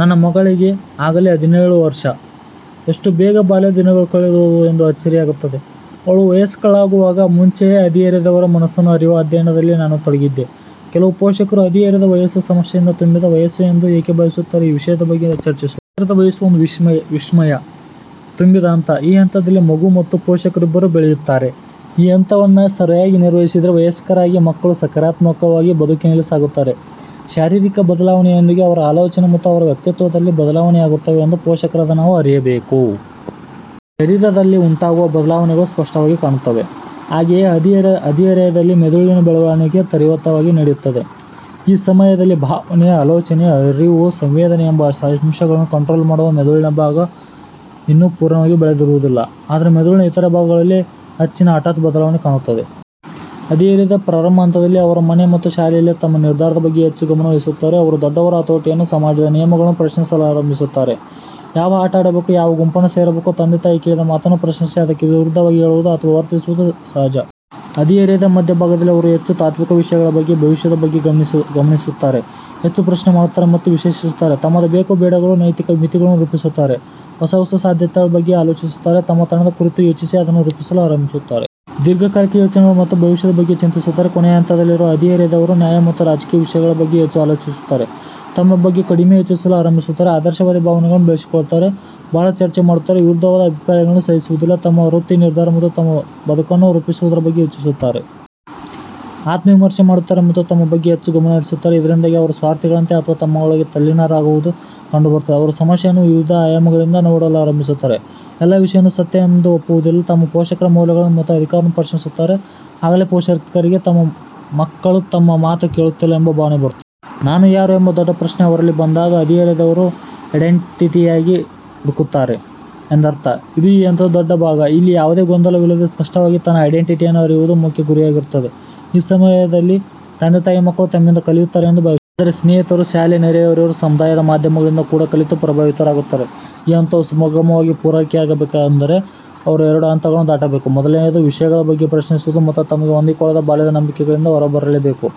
ನನ್ನ ಮಗಳಿಗೆ ಆಗಲೇ ಹದಿನೇಳು ವರ್ಷ. ಎಷ್ಟು ಬೇಗ ಬಾಲ್ಯದ ದಿನಗಳು ಕಳೆದು ಹೋದವು ಎಂದು ಅಚ್ಚರಿಯಾಗುತ್ತದೆ. ಅವಳು ವಯಸ್ಕಳಾಗುವಾಗ ಮುಂಚೆಯೇ ಹದಿಹರೆಯದವರ ಮನಸ್ಸನ್ನು ಅರಿಯುವ ಅಧ್ಯಯನದಲ್ಲಿ ನಾನು ತೊಡಗಿದ್ದೆ. ಕೆಲವು ಪೋಷಕರು ಹದಿಹರೆಯದ ವಯಸ್ಸು ಸಮಸ್ಯೆಯಿಂದ ತುಂಬಿದ ವಯಸ್ಸು ಎಂದು ಏಕೆ ಭಾವಿಸುತ್ತಾರೆ? ಈ ವಿಷಯದ ಬಗ್ಗೆ ಚರ್ಚಿಸೋಣ. ಹದಿಹರೆಯ ವಯಸ್ಸು ಒಂದು ವಿಸ್ಮಯ ತುಂಬಿದ ಹಂತ. ಈ ಹಂತದಲ್ಲಿ ಮಗು ಮತ್ತು ಪೋಷಕರಿಬ್ಬರೂ ಬೆಳೆಯುತ್ತಾರೆ. ಈ ಹಂತವನ್ನು ಸರಿಯಾಗಿ ನಿರ್ವಹಿಸಿದರೆ, ವಯಸ್ಕರಾಗಿ ಮಕ್ಕಳು ಸಾಕಾರಾತ್ಮವಾಗಿ ಬದುಕಿನಲ್ಲಿ ಸಾಗುತ್ತಾರೆ. ಶಾರೀರಿಕ ಬದಲಾವಣೆಯೊಂದಿಗೆ ಅವರ ಆಲೋಚನೆ ಹಾಗೂ ಅವರ ವ್ಯಕ್ತಿತ್ವದಲ್ಲಿ ಬದಲಾವಣೆ ಯಾಗುತ್ತದೆ ಎಂದು ಪೋಷಕರಾದ ನಾವು ಅರಿಯಬೇಕು. ಶರೀರಿದಲ್ಲಿ ಉಂಟಾಗುವ ಬದಲಾವಣೆಗಳು ಸ್ಪಷ್ಟವಾಗಿ ಕಾಣುತ್ತವೆ. ಹಾಗೆಯೇ ಹದಿಹರೆಯದಲ್ಲಿ ಮೆದುಳಿನ ಬೆಳವಣಿಗೆ ತ್ವರಿತಗಾಗಿ ನಡೆಯುತ್ತದೆ. ಈ ಸಮಯದಲ್ಲಿ ಭಾವನೆ, ಆಲೋಚನೆ, ಅರಿವು, ಸಂವೇದನೆ ಎಂಬ ಅಂಶಗಳನ್ನು ಕಂಟ್ರೋಲ್ ಮಾಡುವ ಮೆದುಳಿನ ಭಾಗ ಇನ್ನೂ ಪೂರ್ಣವಾಗಿ ಬೆಳೆದಿರುವುದಿಲ್ಲ. ಆದರೆ ಮೆದುಳಿನ ಇತರೆ ಭಾಗಗಳಲ್ಲಿ ಹೆಚ್ಚಿನ ಹಠಾತ್ ಬದಲಾವಣೆ ಕಾಣುತ್ತದೆ. ಹದಿಹರೆಯದ ಪ್ರಾರಂಭ ಹಂತದಲ್ಲಿ ಅವರು ಮನೆ ಮತ್ತು ಶಾಲೆಯಲ್ಲಿ ತಮ್ಮ ನಿರ್ಧಾರದ ಬಗ್ಗೆ ಹೆಚ್ಚು ಗಮನ ವಹಿಸುತ್ತಾರೆ. ಅವರು ದೊಡ್ಡವರ ಹತೋಟಿಯನ್ನು, ಸಮಾಜದ ನಿಯಮಗಳನ್ನು ಪ್ರಶ್ನಿಸಲಾರಂಭಿಸುತ್ತಾರೆ. ಯಾವ ಆಟ ಆಡಬೇಕು, ಯಾರ ಗುಂಪನ್ನು ಸೇರಬೇಕು, ತಂದೆ ತಾಯಿ ಹೇಳಿದ ಮಾತನ್ನು ಪ್ರಶ್ನಿಸಿ ಅದಕ್ಕೆ ವಿರುದ್ಧವಾಗಿ ಹೇಳುವುದು ಅಥವಾ ವರ್ತಿಸುವುದು ಸಹಜ. ಹದಿಹರೆಯದ ಮಧ್ಯ ಭಾಗದಲ್ಲಿ ಅವರು ಹೆಚ್ಚು ತಾತ್ವಿಕ ವಿಷಯಗಳ ಬಗ್ಗೆ, ಭವಿಷ್ಯದ ಬಗ್ಗೆ ಗಮನಹರಿಸುತ್ತಾರೆ. ಹೆಚ್ಚು ಪ್ರಶ್ನೆ ಮಾಡುತ್ತಾರೆ ಮತ್ತು ವಿಶ್ಲೇಷಿಸುತ್ತಾರೆ. ತಮ್ಮದೇ ಬೇಕು ಬೇಡಗಳು, ನೈತಿಕ ಮಿತಿಗಳನ್ನು ರೂಪಿಸುತ್ತಾರೆ, ಹೊಸ ಹೊಸ ಸಾಧ್ಯತೆಗಳ ಬಗ್ಗೆ ಆಲೋಚಿಸುತ್ತಾರೆ. ತಮ್ಮತನದ ಕುರಿತು ಯೋಚಿಸಿ ಅದನ್ನು ರೂಪಿಸಲು ಆರಂಭಿಸುತ್ತಾರೆ. ದೀರ್ಘಕಾಲಿಕ ಯೋಜನೆಗಳು ಮತ್ತು ಭವಿಷ್ಯದ ಬಗ್ಗೆ ಚಿಂತಿಸುತ್ತಾರೆ. ಕೊನೆ ಹಂತದಲ್ಲಿರುವ ಹದಿಹರೆಯದವರು ನ್ಯಾಯ ಮತ್ತು ರಾಜಕೀಯ ವಿಷಯಗಳ ಬಗ್ಗೆ ಹೆಚ್ಚು ಆಲೋಚಿಸುತ್ತಾರೆ. ತಮ್ಮ ಬಗ್ಗೆ ಕಡಿಮೆ ಯೋಚಿಸಲು ಆರಂಭಿಸುತ್ತಾರೆ. ಆದರ್ಶವಾದಿ ಭಾವನೆಗಳನ್ನು ಬೆಳೆಸಿಕೊಳ್ಳುತ್ತಾರೆ. ಬಹಳ ಚರ್ಚೆ ಮಾಡುತ್ತಾರೆ. ವಿರುದ್ಧವಾದ ಅಭಿಪ್ರಾಯಗಳನ್ನು ಸಹಿಸುವುದಿಲ್ಲ. ತಮ್ಮ ವೃತ್ತಿ ನಿರ್ಧಾರ ಮತ್ತು ತಮ್ಮ ಬದುಕನ್ನು ರೂಪಿಸುವುದರ ಬಗ್ಗೆ ಯೋಚಿಸುತ್ತಾರೆ. ಆತ್ಮ ವಿಮರ್ಶೆ ಮಾಡುತ್ತಾರೆ ಮತ್ತು ತಮ್ಮ ಬಗ್ಗೆ ಹೆಚ್ಚು ಗಮನಹರಿಸುತ್ತಾರೆ. ಇದರಿಂದಾಗಿ ಅವರು ಸ್ವಾರ್ಥಿಗಳಂತೆ ಅಥವಾ ತಮ್ಮೊಳಗೆ ತಲ್ಲೀನರಾಗುವುದು ಕಂಡುಬರುತ್ತದೆ. ಅವರು ಸಮಸ್ಯೆಯನ್ನು ವಿವಿಧ ಆಯಾಮಗಳಿಂದ ನೋಡಲಾರಂಭಿಸುತ್ತಾರೆ. ಎಲ್ಲ ವಿಷಯವನ್ನು ಸತ್ಯ ಎಂದು ಒಪ್ಪುವುದಿಲ್ಲ. ತಮ್ಮ ಪೋಷಕರ ಮೌಲ್ಯಗಳನ್ನು ಮತ್ತು ಅಧಿಕಾರವನ್ನು ಪ್ರಶ್ನಿಸುತ್ತಾರೆ. ಆಗಲೇ ಪೋಷಕರಿಗೆ ಮಕ್ಕಳು ತಮ್ಮ ಮಾತು ಕೇಳುತ್ತಿಲ್ಲ ಎಂಬ ಭಾವನೆ ಬರುತ್ತದೆ. ನಾನು ಯಾರು ಎಂಬ ದೊಡ್ಡ ಪ್ರಶ್ನೆ ಅವರಲ್ಲಿ ಬಂದಾಗ ಹದಿಹರೆಯದವರು ಐಡೆಂಟಿಟಿಗಾಗಿ ಹುಡುಕುತ್ತಾರೆ ಎಂದರ್ಥ. ಇದು ಈ ಹಂತದ ದೊಡ್ಡ ಭಾಗ. ಇಲ್ಲಿ ಯಾವುದೇ ಗೊಂದಲವಿಲ್ಲದೆ ಸ್ಪಷ್ಟವಾಗಿ ತನ್ನ ಐಡೆಂಟಿಟಿಯನ್ನು ಅರಿಯುವುದು ಮುಖ್ಯ ಗುರಿಯಾಗಿರುತ್ತದೆ. ಈ ಸಮಯದಲ್ಲಿ ತಂದೆ ತಾಯಿ ಮಕ್ಕಳು ತಮ್ಮಿಂದ ಕಲಿಯುತ್ತಾರೆ ಎಂದು ಭಾವಿಸುತ್ತಾರೆ. ಆದರೆ ಸ್ನೇಹಿತರು, ಶಾಲೆ, ನೆರೆಹೊರೆಯವರು, ಸಮುದಾಯ, ಮಾಧ್ಯಮಗಳಿಂದ ಕೂಡ ಕಲಿತು ಪ್ರಭಾವಿತರಾಗುತ್ತಾರೆ. ಈ ಹಂತವು ಸುಗಮವಾಗಿ ಪೂರೈಕೆಯಾಗಬೇಕೆಂದರೆ ಅವರು ಎರಡು ಹಂತಗಳನ್ನು ದಾಟಬೇಕು. ಮೊದಲನೆಯದು, ವಿಷಯಗಳ ಬಗ್ಗೆ ಪ್ರಶ್ನಿಸುವುದು ಮತ್ತು ತಮಗೆ ಹೊಂದಿಕೊಳ್ಳದ ಬಾಲ್ಯದ ನಂಬಿಕೆಗಳಿಂದ ಹೊರಬರಬೇಕು.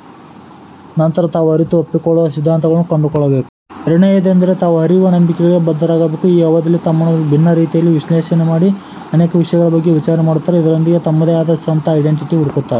ನಂತರ ತಾವು ಅರಿತು ಒಪ್ಪಿಕೊಳ್ಳುವ ಸಿದ್ದಾಂತಗಳನ್ನು ಕಂಡುಕೊಳ್ಳಬೇಕು. ಎರಡನೆಯದೆಂದರೆ, ತಾವು ಆರಿಸಿರುವ ನಂಬಿಕೆಗಳಿಗೆ ಬದ್ಧರಾಗಬೇಕು. ಈ ಅವಧಿಯಲ್ಲಿ ತಮ್ಮನ್ನು ಭಿನ್ನ ರೀತಿಯಲ್ಲಿ ವಿಶ್ಲೇಷಣೆ ಮಾಡಿ ಅನೇಕ ವಿಷಯಗಳ ಬಗ್ಗೆ ವಿಚಾರಣೆ ಮಾಡುತ್ತಾರೆ. ಇದರೊಂದಿಗೆ ತಮ್ಮದೇ ಆದ ಸ್ವಂತ ಐಡೆಂಟಿಟೀ ಹುಡುಕುತ್ತಾರೆ.